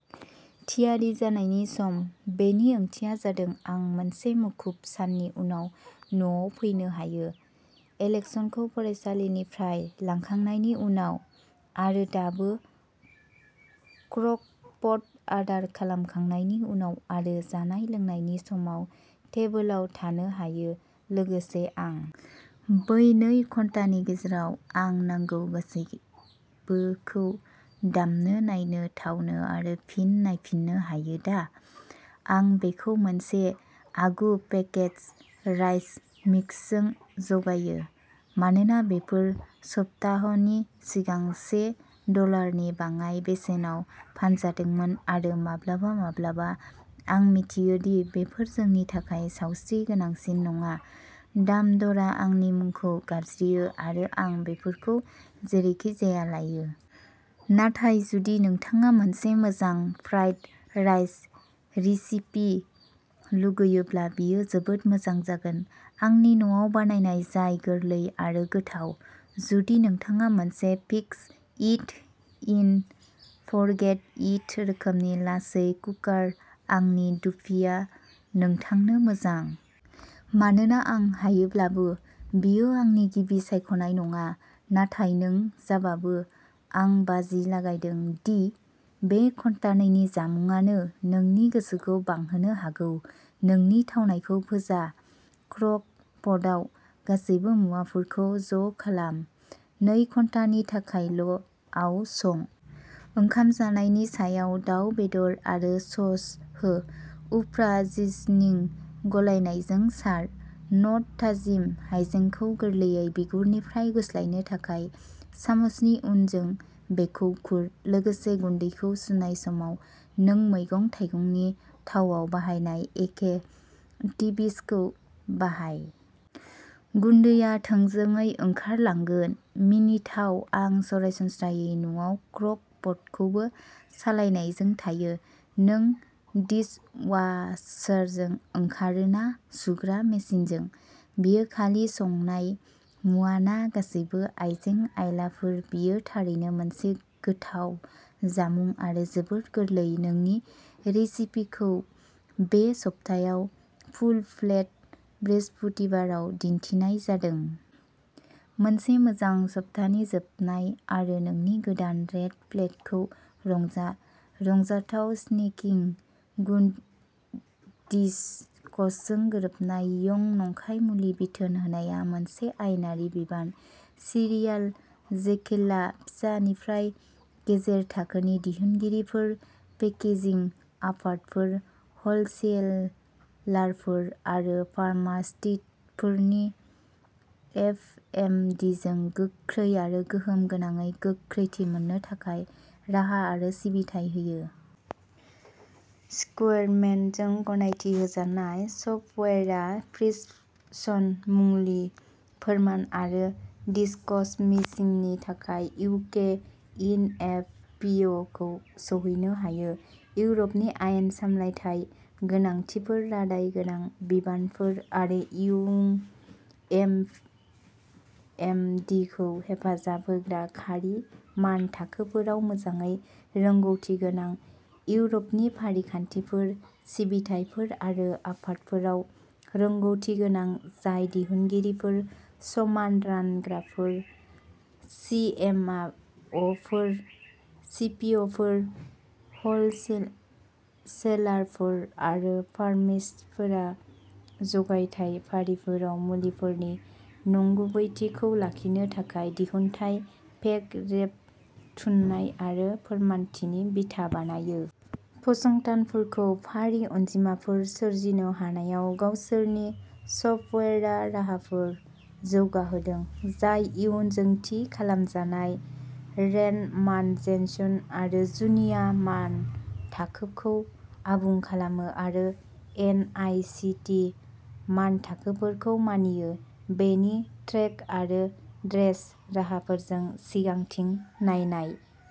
थियारि जानायनि सम। बेनि ओंथिया जादों आं मोनसे मुखुब साननि उनाव न'आव फैनो हायो, एलेक्सनखौ फरायसालिनिफ्राय लांखांनायनि उनाव आरो दाबो क्रक पट आदार खालामखांनायनि उनाव आरो जानाय-लोंनायनि समाव टेबोलाव थानो हायो। लोगोसे, आं -- बै नै घन्टानि गेजेराव आं नांगौ गासैबोखौ दामनो, नायनो, थावनो आरो फिन नायफिननो हायो दा, आं बेखौ मोनसे आगु-पेकेज्ड राइस मिक्सजों जगायो मानोना बेफोर सप्ताहनि सिगां से डलारनि बाङाइ बेसेनाव फानजादोंमोन, आरो माब्लाबा माब्लाबा आं मिथियो दि बेफोर जोंनि थाखाय सावस्रि गोनांसिन नङा, दाम दरआ आंनि मुंखौ गाबज्रियो आरो आं बेफोरखौ जेरैखिजाया लायो। नाथाय जुदि नोंथाङा मोनसे मोजां फ्राइड राइस रेसिपि लुगैयोब्ला बेयो जोबोद मोजां जागोन, आंनि न'आव बानायनाय जाय गोरलै आरो गोथाव। जुदि नोंथाङा मोनसे fix it and forget it रोखोमनि लासै कुकार, आंनि टुपिआ नोंथांनो मोजां। मानोना आं हायोब्लाबो, बेयो आंनि गिबि सायख'नाय नङा। नाथाय नों जाबाबो, आं बाजि लागायदों दि बे घन्टानैनि जामुंआनो नोंनि गोसोखौ बांहोनो हागौ नोंनि थावनायखौ फोजा क्रक पटआव गासैबो मुवाफोरखौ ज'खालाम। नै घन्टानि थाखाय ल'आव सं। ओंखाम जानायनि सायाव दाव बेदर आरो स'स हो। उफ्रा जिसनिं गलायनायजों सार। न'ट थाजिम हायजेंखौ गोरलैयै बिगुरनिफ्राय गुस्लायनो थाखाय, सामुसनि उनजों बेखौ खुर। लोगोसे, गुन्दैखौ सुनाय समाव, नों मैगं-थाइगंनि थावाव बाहायनाय एखे टिबिसखौ बाहाय। गुन्दैआ थोंजोङै ओंखारलांगोन, मिनिथाव आं सरासनस्रायै न'आव क्रक पटखौबो सालायनायजों थायो। नों डिशवाशारजों ओंखारो ना सुग्रा मेसिनजों? बेयो खालि संनाय मुवा ना गासैबो आइजें-आइलाफोर बेयो थारैनो मोनसे गोथाव जामुं आरो जोबोद गोरलै नोंनि रेसिपिखौ बे सप्तायाव फुल प्लेट बृहस्पतिबाराव दिन्थिनाय जादों। मोनसे मोजां सप्तानि जोबनाय आरो नोंनि गोदान रेड प्लेटखौ रंजा। रंजाथाव स्नेकिं। गुनडिज क'जों गोरोबनाय। इयु नंखाय मुलि बिथोन होनाया मोनसे आयेनारि बिबान। सिरियाल' जिकेलआ फिसा निफ्राय गेजेर थाखोनि दिहुनगिरिफोर, पेकेजिं आफादफोर, हलसेलारफोर आरो फार्मासटिक फोरनो एफएमदिजों गोख्रै आरो गोहोम गोनाङै गोख्रैथि मोननो थाखाय राहा आरो सिबिथाइ होयो। सेक्युरमेडजों गनायथि होजानाय सफ्टवेयारआ प्रिस्क्रिप्शन मुलि फोरमान आरो दिसकमिशनिंनि थाखाय इउके एनएमभिअ'खौ सौहैनो हायो। इउर'पनि आयेन, सामलायथाय गोनांथिफोर, रादाय गोनां बिबानफोर आरो इयु एफएमदिखौ हेफाजाब होग्रा खारि मानथाखोफोराव मोजाङै रोंग'थि गोनां। इउर'पनि फारिखान्थिफोर, सिबिथाइफोर आरो आफादफोराव रोंग'थि गोनां जाय दिहुनगिरिफोर, समान रानग्राफोर, सिएमअ'फोर, सिपिअ'फोर, हलसेलारफोर आरो फार्मासिस्टफोरा जगायथाय फारिफोराव मुलिफोरनि नंगुबैथिखौ लाखिनो थाखाय दिहुनथाय पेक रेबथुमनाय आरो फोरमानथिनि बिथा बानायो। फसंथानफोरखौ फारि अनजिमाफोर सोरजिनो हानायाव गावसोरनि सफ्टवेयार राहाफोर जौगाहोदों जाय इयुजों थि खालामजानाय रेन्डमाइजेशन आरो जुनिया मानथाखोखौ आबुं खालामो आरो एन आइ सिटि मानथाखोफोरखौ मानियो। बेनि ट्रेक आरो ड्रेस राहाफोरजों सिगांथिं नायनाय।